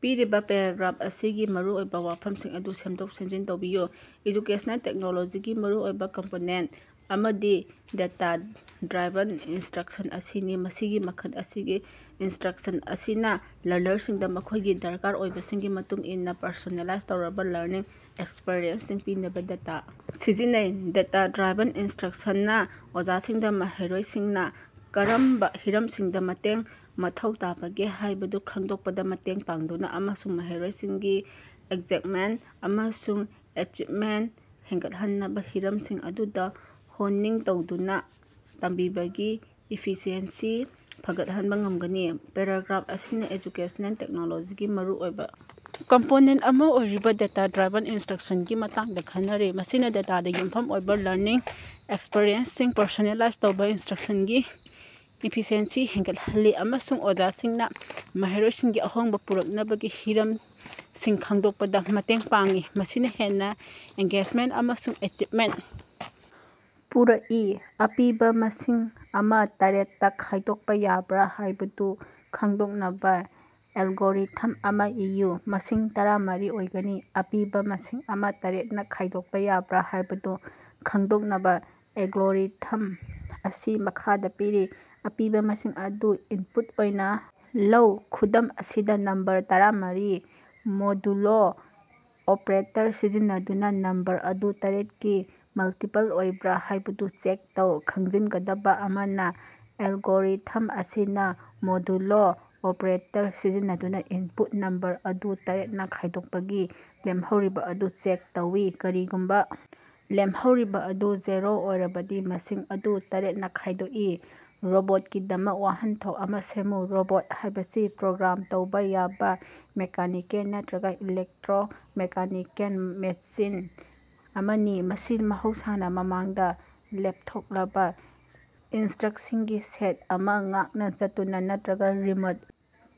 ꯄꯤꯔꯤꯕ ꯄꯦꯔꯥꯒ꯭ꯔꯥꯐ ꯑꯁꯤꯒꯤ ꯃꯔꯨꯑꯣꯏꯕ ꯋꯥꯐꯝꯁꯤꯡ ꯑꯗꯨ ꯁꯦꯝꯗꯣꯛ-ꯁꯦꯝꯖꯤꯟ ꯇꯧꯕꯤꯌꯨ꯫ ꯑꯦꯖꯨꯀꯦꯁꯅꯦꯜ ꯇꯦꯛꯅꯣꯂꯣꯖꯤꯒꯤ ꯃꯔꯨꯑꯣꯏꯕ ꯀꯝꯄꯣꯅꯦꯟꯇ ꯑꯃꯗꯤ ꯗꯦꯇꯥ-ꯗ꯭ꯔꯥꯏꯚꯟ ꯏꯟꯁꯇ꯭ꯔꯛꯁꯟ ꯑꯁꯤꯅꯤ꯫ ꯃꯁꯤꯒꯤ ꯃꯈꯜ ꯑꯁꯤꯒꯤ ꯏꯅꯁꯇ꯭ꯔꯛꯁꯟ ꯑꯁꯤꯅ ꯂꯔꯅꯔꯁꯤꯡꯗ ꯃꯈꯣꯏꯒꯤ ꯗꯔꯀꯥꯔ ꯑꯣꯏꯕꯁꯤꯡꯒꯤ ꯃꯇꯨꯡ ꯏꯟꯅ ꯄꯔꯁꯣꯅꯦꯂꯥꯏꯖ ꯇꯧꯔꯕ ꯂꯔꯅꯤꯡ ꯑꯦꯛꯁꯄꯤꯔꯤꯑꯦꯟꯁꯁꯤꯡ ꯄꯤꯅꯕ ꯗꯦꯇꯥ ꯁꯤꯖꯤꯟꯅꯩ꯫ ꯗꯦꯇꯥ-ꯗ꯭ꯔꯥꯏꯚꯟ ꯏꯟꯁꯇ꯭ꯔꯛꯁꯟꯅ ꯑꯣꯖꯥꯁꯤꯡꯗ ꯃꯍꯩꯔꯣꯏꯁꯤꯡꯅ ꯀꯔꯝꯕ ꯍꯤꯔꯝꯁꯤꯡꯗ ꯃꯇꯦꯡ ꯃꯊꯧ ꯇꯥꯕꯒꯦ ꯍꯥꯏꯕꯗꯨ ꯈꯪꯗꯣꯛꯄꯗ ꯃꯇꯦꯡ ꯄꯥꯡꯗꯨꯅ ꯑꯃꯁꯨꯡ ꯃꯍꯩꯔꯣꯏꯁꯤꯡꯒꯤ ꯑꯦꯡꯒꯦꯖꯃꯦꯟꯇ ꯑꯃꯁꯨꯡ ꯑꯦꯆꯤꯕꯃꯦꯟꯇ ꯍꯦꯟꯒꯠꯍꯟꯅꯕ ꯍꯤꯔꯝꯁꯤꯡ ꯑꯗꯨꯗ ꯍꯣꯅꯤꯡ ꯇꯧꯗꯨꯅ ꯇꯝꯕꯤꯕꯒꯤ ꯏꯐꯤꯁꯤꯑꯦꯟꯁꯤ ꯐꯒꯠꯍꯟꯕ ꯉꯝꯒꯅꯤ꯫ ꯄꯦꯔꯥꯒ꯭ꯔꯥꯐ ꯑꯁꯤꯅ ꯑꯦꯖꯨꯀꯦꯁ꯭ꯅꯦꯜ ꯇꯦꯛꯅꯣꯂꯣꯖꯤꯒꯤ ꯃꯔꯨꯑꯣꯏꯕ ꯀꯝꯄꯣꯅꯦꯟꯇ ꯑꯃ ꯑꯣꯏꯔꯤꯕ ꯗꯦꯇꯥ-ꯗ꯭ꯔꯥꯏꯚꯟ ꯏꯟꯁꯠꯔꯛꯁꯟ ꯒꯤ ꯃꯇꯥꯡꯗ ꯈꯟꯅꯔꯤ, ꯃꯁꯤꯅ ꯗꯦꯇꯥꯗ ꯌꯨꯝꯐꯝ ꯑꯣꯏꯕ ꯂꯔꯅꯤꯡ ꯑꯦꯛꯁꯄꯤꯔꯤꯑꯦꯟꯁꯁꯤꯡ ꯄꯔꯁꯣꯅꯦꯂꯥꯏꯖ ꯇꯧꯏ, ꯏꯟꯁꯇ꯭ꯔꯛꯁꯟꯒꯤ ꯏꯐꯤꯁꯤꯑꯦꯟꯁꯤ ꯍꯦꯟꯒꯠꯍꯜꯂꯤ, ꯑꯃꯁꯨꯡ ꯑꯣꯖꯥꯁꯤꯡꯅ ꯃꯍꯩꯔꯣꯏꯁꯤꯡꯒꯤ ꯑꯍꯣꯡꯕ ꯄꯨꯔꯛꯅꯕꯒꯤ ꯍꯤꯔꯝꯁꯤꯡ ꯈꯪꯗꯣꯛꯄꯗ ꯃꯇꯦꯡ ꯄꯥꯡꯏ, ꯃꯁꯤꯅ ꯍꯦꯟꯅ ꯑꯦꯡꯒꯦꯖꯃꯦꯟꯇ ꯑꯃꯁꯨꯡ ꯑꯦꯆꯤꯕꯃꯦꯟꯇ ꯄꯨꯔꯛꯏ꯫ ꯑꯄꯤꯕ ꯃꯁꯤꯡ ꯑꯃ ꯇꯔꯦꯠꯇ‌ꯥ ꯈꯥꯏꯗꯣꯛꯄ ꯌꯥꯕ꯭ꯔꯥ ꯍꯥꯏꯕꯗꯨ ꯈꯉꯗꯣꯛꯅꯕ ꯑꯦꯜꯒꯣꯔꯤꯊꯝ ꯑꯃ ꯏꯌꯨ꯫ ꯃꯁꯤꯡ ꯇꯔꯥꯃꯔꯤ ꯑꯣꯏꯒꯅꯤ, ꯑꯄꯤꯕ ꯃꯁꯤꯡ ꯑꯃ ꯇꯔꯦꯠꯅꯥ ꯈꯥꯏꯗꯣꯛꯄ ꯌꯥꯕ꯭ꯔꯥ ꯍꯥꯏꯕꯗꯨ ꯈꯪꯗꯣꯛꯅꯕ ꯑꯦꯜꯒꯣꯔꯤꯊꯝ ꯑꯁꯤ ꯃꯈꯥꯗ ꯄꯤꯔꯤ - ꯑꯄꯤꯕ ꯃꯁꯤꯡ ꯑꯗꯨ ꯏꯟꯄꯨꯠ ꯑꯣꯏꯅ ꯂꯧ꯫ ꯈꯨꯗꯝ ꯑꯁꯤꯗ, ꯅꯝꯕꯔ ꯇꯔꯥꯃꯔꯤ ꯃꯣꯗꯨꯂꯣ ꯑꯣꯄ꯭ꯔꯦꯇꯔ ꯁꯤꯖꯤꯟꯅꯗꯨꯅ ꯅꯝꯕꯔ ꯑꯗꯨ ꯇꯔꯦꯠꯀꯤ ꯃꯜꯇꯤꯄꯜ ꯑꯣꯏꯕ꯭ꯔꯥ ꯍꯥꯏꯕꯗꯨ ꯆꯦꯛ ꯇꯧ꯫ ꯈꯪꯖꯤꯟꯒꯗꯕ ꯑꯃꯅ, ꯑꯦꯜꯒꯣꯔꯤꯊꯝ ꯑꯁꯤꯅ ꯃꯣꯗꯨꯂꯣ ꯑꯣꯄ꯭ꯔꯦꯇꯔ ꯁꯤꯖꯤꯟꯅꯗꯨꯅ ꯏꯟꯄꯨꯠ ꯅꯝꯕꯔ ꯑꯗꯨ ꯇꯔꯦꯠꯅꯥ ꯈꯥꯏꯗꯣꯛꯄꯒꯤ ꯂꯦꯝꯍꯧꯔꯤꯕ ꯑꯗꯨ ꯆꯦꯛ ꯇꯧꯏ꯫ ꯀꯔꯤꯒꯨꯝꯕ ꯂꯦꯝꯍꯧꯔꯤꯕ ꯑꯗꯨ ꯖꯦꯔꯣ ꯑꯣꯏꯔꯕꯗꯤ, ꯃꯁꯤꯡ ꯑꯗꯨ ꯇꯔꯦꯠꯅꯥ ꯈꯥꯏꯗꯣꯛꯏ꯫ ꯔꯣꯕꯣꯠꯀꯤꯗꯃꯛ ꯋꯥꯍꯟꯊꯣꯛ ꯑꯃ‌ ꯁꯦꯝꯃꯨ꯫ ꯔꯣꯕꯣꯠ ꯍꯥꯏꯕꯁꯤ ꯄ꯭ꯔꯣꯒ꯭ꯔꯥꯝ ꯇꯧꯕ ꯌꯥꯕ ꯃꯦꯀꯥꯅꯤꯀꯦꯜ ꯅꯠꯇꯔꯒ ꯏꯂꯦꯛꯇꯔꯣ-ꯃꯦꯀꯥꯅꯤꯀꯦꯜ ꯃꯦꯁꯤꯟ ꯑꯃꯅꯤ, ꯃꯁꯤ ꯃꯍꯧꯁꯥꯅ ꯃꯃꯥꯡꯗ ꯂꯦꯞꯊꯣꯛꯂꯕ ꯏꯟꯁꯇ꯭ꯔꯛꯁꯁꯤꯡꯒꯤ ꯁꯦꯠ ꯑꯃ ꯉꯥꯛꯅ ꯆꯠꯇꯨꯅ ꯅꯠꯇꯔꯒ ꯔꯤꯃꯣꯠ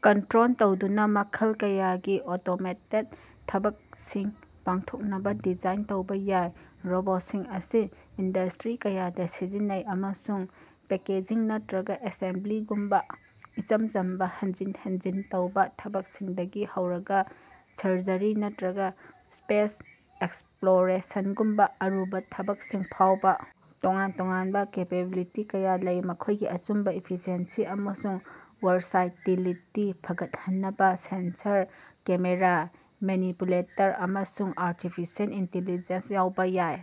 ꯀꯟꯇꯔꯣꯜ ꯇꯧꯗꯨꯅ ꯃꯈꯜ ꯀꯌꯥꯒꯤ ꯑꯣꯇꯣꯃꯦꯇꯦꯗ ꯊꯕꯛꯁꯤꯡ ꯄꯥꯡꯊꯣꯛꯅꯕ ꯗꯤꯖꯥꯏꯟ ꯇꯧꯕ ꯌꯥꯏ꯫ ꯔꯣꯕꯣꯠꯁꯤꯡ ꯑꯁꯤ ꯏꯟꯗ꯭ꯁꯇꯔꯤ ꯀꯌꯥꯗ ꯁꯤꯖꯤꯟꯅꯩ ꯑꯃꯁꯨꯡ ꯄꯦꯀꯦꯖꯤꯡ ꯅꯠꯇꯔꯒ ꯑꯦꯁꯦꯝꯕ꯭ꯂꯤꯒꯨꯝꯕ ꯏꯆꯝ ꯆꯝꯕ ꯍꯟꯖꯤꯟ ꯍꯟꯖꯤꯟ ꯇꯧꯕ ꯊꯕꯛꯁꯤꯡꯗꯒꯤ ꯍꯧꯔꯒ ꯁꯔꯖꯔꯤ ꯅꯠꯇꯔꯒ ꯁ꯭ꯄꯦꯁ ꯑꯦꯛꯁꯄ꯭ꯂꯣꯔꯦꯁꯟꯒꯨꯝꯕ ꯑꯔꯨꯕ ꯊꯕꯛꯁꯤꯡ ꯐꯥꯎꯕ ꯇꯣꯉꯥꯟ ꯇꯣꯉꯥꯟꯕ ꯀꯦꯄꯦꯕꯤꯂꯤꯇꯤ ꯀꯌꯥ ꯂꯩ꯫ ꯃꯈꯣꯏꯒꯤ ꯑꯆꯨꯝꯕ, ꯏꯐꯤꯁꯤꯑꯦꯟꯁꯤ ꯑꯃꯁꯨꯡ ꯋꯥꯔꯁꯥꯏꯇꯤꯂꯤꯇꯤ ꯐꯒꯠꯍꯟꯅꯕ ꯁꯦꯟꯁꯔ, ꯀꯦꯃꯦꯔꯥ, ꯃꯦꯅꯤꯄꯨꯂꯦꯇꯔ, ꯑꯃꯁꯨꯡ ꯑꯥꯔꯇꯤꯐꯤꯁꯤꯑꯦꯜ ꯏꯟꯇꯤꯂꯤꯖꯦꯟꯁ ꯌꯥꯎꯕ ꯌꯥꯏ꯫